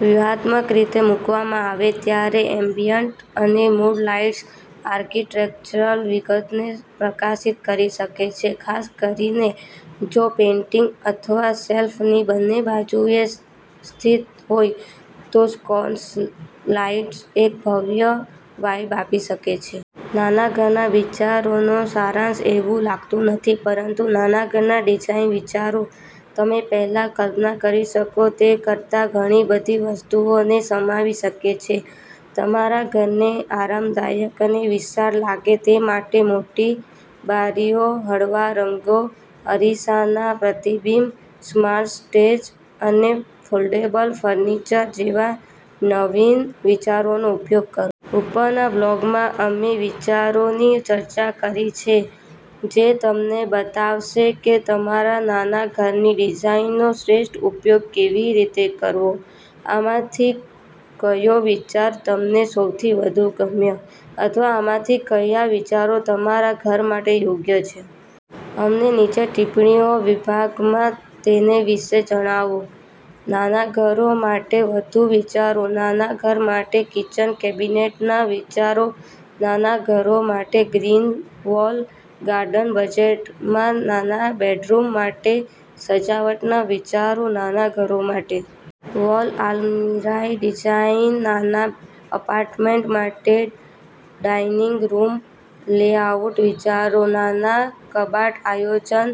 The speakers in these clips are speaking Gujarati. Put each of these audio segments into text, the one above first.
વ્યૂહાત્મક રીતે મૂકવામાં આવે ત્યારે એમ્બિયન્ટ અને મૂડ લાઇટ્સ આર્કિટેક્ચરલ વિગતોને પ્રકાશિત કરી શકે છે. ખાસ કરીને જો પેઇન્ટિંગ અથવા શેલ્ફની બંને બાજુએ સ્થિત હોય તો સ્કોન્સ લાઇટ્સ એક ભવ્ય વાઇબ આપી શકે છે. નાના ઘરના ડિઝાઇન વિચારોનો સારાંશ એવું લાગતું નથી, પરંતુ નાના ઘરના ડિઝાઇન વિચારો તમે પહેલા કલ્પના કરી શકો તે કરતાં ઘણી બધી વસ્તુઓને સમાવી શકે છે. તમારા ઘરને આરામદાયક અને વિશાળ લાગે તે માટે મોટી બારીઓ, હળવા રંગો, અરીસાના પ્રતિબિંબ, સ્માર્ટ સ્ટોરેજ અને ફોલ્ડેબલ ફર્નિચર જેવા નવીન વિચારોનો ઉપયોગ કરો. ઉપરના બ્લોગમાં, અમે વિચારોની ચર્ચા કરી છે જે તમને બતાવશે કે તમારા નાના ઘરની ડિઝાઇનનો શ્રેષ્ઠ ઉપયોગ કેવી રીતે કરવો. આમાંથી કયો વિચાર તમને સૌથી વધુ ગમ્યો? અથવા આમાંથી કયા વિચારો તમારા ઘર માટે યોગ્ય છે? અમને નીચે ટિપ્પણીઓ વિભાગમાં તેના વિશે જણાવો. નાના ઘરો માટે વધુ વિચારો નાના ઘર માટે કિચન કેબિનેટના વિચારો નાના ઘરો માટે ગ્રીન વોલ ગાર્ડન બજેટમાં નાના બેડરૂમ માટે સજાવટના વિચારો નાના ઘરો માટે વોલ અલમિરાહ ડિઝાઇન નાના એપાર્ટમેન્ટ્સ માટે ડાઇનિંગ રૂમ લેઆઉટ વિચારો નાના કબાટ આયોજન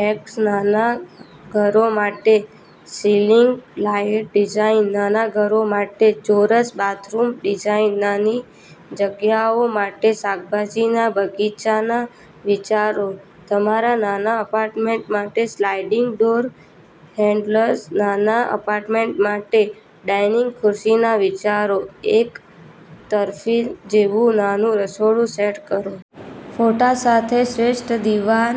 હેક્સ નાના ઘરો માટે સિલિંગ લાઇટ ડિઝાઇન નાના ઘરો માટે ચોરસ બાથરૂમ ડિઝાઇન નાની જગ્યાઓ માટે શાકભાજીના બગીચાના વિચારો તમારા નાના એપાર્ટમેન્ટ માટે સ્લાઇડિંગ ડોર હેન્ડલ્સ નાના એપાર્ટમેન્ટ્સ માટે ડાઇનિંગ ખુરશીના વિચારો એક તરફી જેવું નાનું રસોડું સેટ કરો+.. ફોટા સાથે શ્રેષ્ઠ દીવાન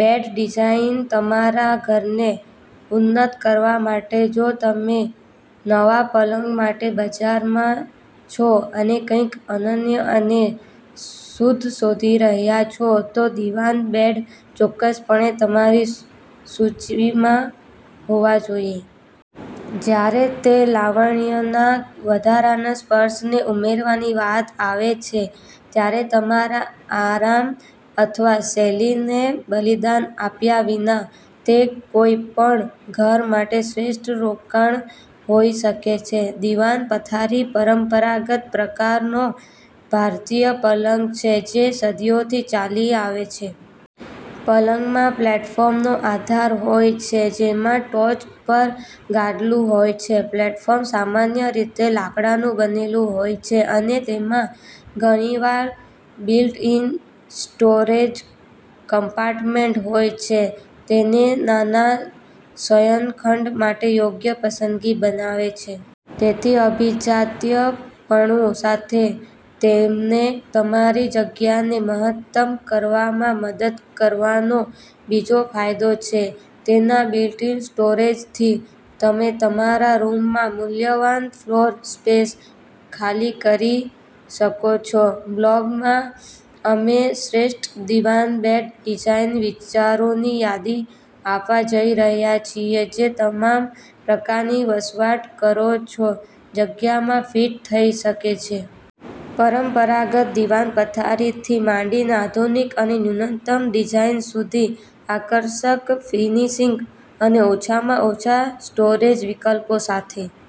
બેડ ડિઝાઇનતમારા ઘરને ઉન્નત કરવા માટે જો તમે નવા પલંગ માટે બજારમાં છો અને કંઈક અનન્ય અને શુદ્ધ શોધી રહ્યાં છો, તો દિવાન બેડ ચોક્કસપણે તમારી સૂચિમાં હોવો જોઈએ. જ્યારે તે લાવણ્યના વધારાના સ્પર્શને ઉમેરવાની વાત આવે છે, ત્યારે તમારા આરામ અથવા શૈલીને બલિદાન આપ્યા વિના, તે કોઈપણ ઘર માટે શ્રેષ્ઠ રોકાણ હોઈ શકે છે. દીવાન પથારીપરંપરાગત પ્રકારનો ભારતીય પલંગ છે જે સદીઓથી ચાલી આવે છે. પલંગમાં પ્લેટફોર્મનો આધાર હોય છે જેમાં ટોચ પર ગાદલું હોય છે. પ્લેટફોર્મ સામાન્ય રીતે લાકડાનું બનેલું હોય છે અને તેમાં ઘણીવાર બિલ્ટ-ઇન સ્ટોરેજ કમ્પાર્ટમેન્ટ હોય છે. તેને નાના શયનખંડ માટે યોગ્ય પસંદગી બનાવે છે. તેથી, અભિજાત્યપણુ સાથે તેમને તમારી જગ્યાને મહત્તમ કરવામાં મદદ કરવાનો બીજો ફાયદો છે. તેના બિલ્ટ-ઇન સ્ટોરેજથી તમે તમારા રૂમમાં મૂલ્યવાન ફ્લોર સ્પેસ ખાલી કરી શકો છો. બ્લોગમાં અમે શ્રેષ્ઠ દિવાન બેડ ડિઝાઇન વિચારોની યાદી આપવા જઈ રહ્યા છીએ જે તમામ પ્રકારની વસવાટ કરો છો જગ્યામાં ફિટ થઈ શકે છે. પરંપરાગત દીવાન પથારીથી માંડીને આધુનિક અને ન્યૂનતમ ડિઝાઇન સુધી, આકર્ષક ફિનિશિંગ અને ઓછામાં ઓછા સ્ટોરેજ વિકલ્પો સાથે.